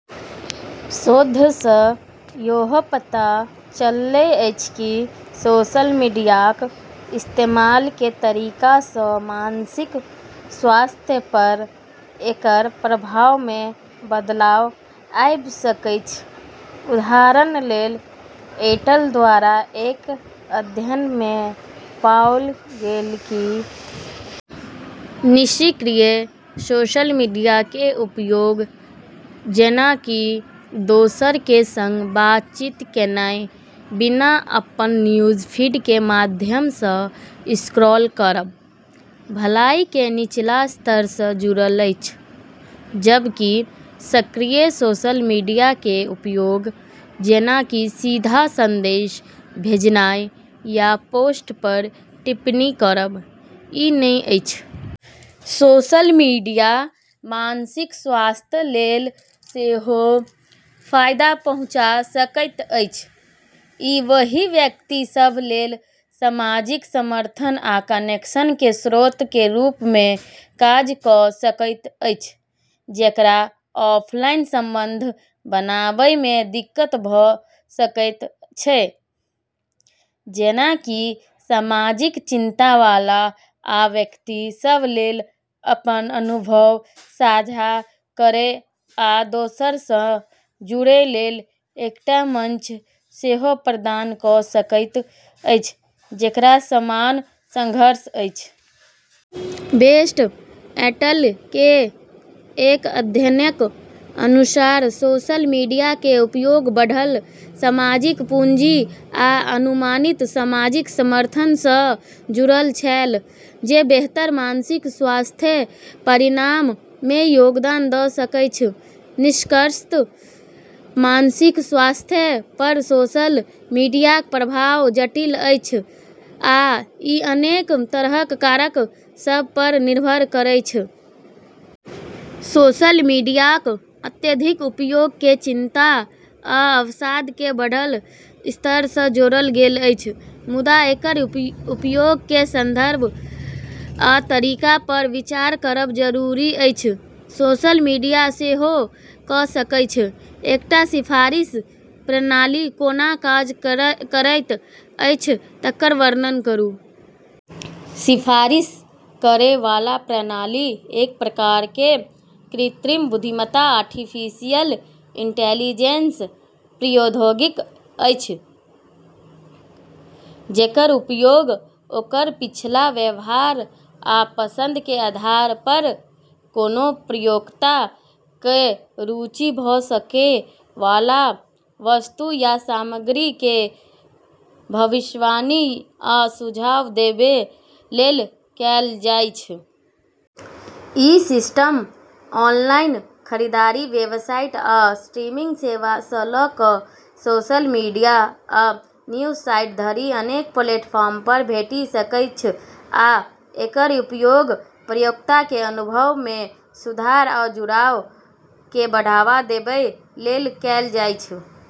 शोध सँ इहो पता चललै अछि कि सोशल मीडियाक इस्तेमाल के तरीका सँ मानसिक स्वास्थ्य पर एकर प्रभाव मे बदलाव आबि सकैछ। उदाहरण लेल, 'एट अल' द्वारा एक अध्ययन मे पाओल गेल कि निष्क्रिय सोशल मीडिया के उपयोग, जेना कि दोसर के संग बातचीत कएने बिना अपन न्यूजफीड के माध्यम सँ स्क्रॉल करब, भलाई के निचला स्तर सँ जुड़ल अछि, जबकि सक्रिय सोशल मीडिया के उपयोग, जेना कि सीधा संदेश भेजनाइ या पोस्ट पर टिप्पणी करब, ई नहि अछि। सोशल मीडिया मानसिक स्वास्थ्य लेल सेहो फायदा पहुँचा सकैत अछि। ई ओहि व्यक्ति सभ लेल सामाजिक समर्थन आ कनेक्शन के स्रोत के रूप मे काज कऽ सकैत अछि, जेकरा ऑफलाइन संबंध बनाबै मे दिक्कत भऽ सकैत छै, जेना कि सामाजिक चिंता वाला, आ व्यक्ति सभ लेल अपन अनुभव साझा करै आ दोसर सँ जुड़ै लेल एकटा मंच सेहो प्रदान कऽ सकैत अछि, जेकरा समान संघर्ष अछि। बेस्ट एट अल के एक अध्ययनक अनुसार, सोशल मीडिया के उपयोग बढ़ल सामाजिक पूंजी आ अनुमानित सामाजिक समर्थन सँ जुड़ल छल, जे बेहतर मानसिक स्वास्थ्य परिणाम मे योगदान दऽ सकैछ। निष्कर्षतः मानसिक स्वास्थ्य पर सोशल मीडियाक प्रभाव जटिल अछि आ ई अनेक तरहक कारक सभ पर निर्भर करैछ। सोशल मीडियाक अत्यधिक उपयोग केँ चिंता आ अवसाद के बढ़ल स्तर सँ जोड़ल गेल अछि, मुदा एकर उपयोग के संदर्भ आ तरीका पर विचार करब जरूरी अछि। सोशल मीडिया सेहो कऽ सकैछ। एकटा सिफारिश प्रणाली कोना काज करैत अछि तकर वर्णन करू। सिफारिश करै वाला प्रणाली एक प्रकार के कृत्रिम बुद्धिमत्ता आर्टिफिशियल इंटेलिजेंस प्रौद्योगिकी अछि जेकर उपयोग ओकर पिछला व्यवहार आ पसंद के आधार पर, कोनो प्रयोक्ता के रुचि भऽ सकै वाला वस्तु या सामग्री के भविष्यवाणी आ सुझाव देबै लेल कएल जाइछ। ई सिस्टम ऑनलाइन खरीदारी वेबसाइट आ स्ट्रीमिंग सेवा सँ लऽ कऽ सोशल मीडिया आ न्यूज साइट धरि अनेक प्लेटफार्म पर भेटि सकैछ आ एकर उपयोग प्रयोक्ता के अनुभव मे सुधार आ जुड़ाव केँ बढ़ावा देबै लेल कएल जाइछ।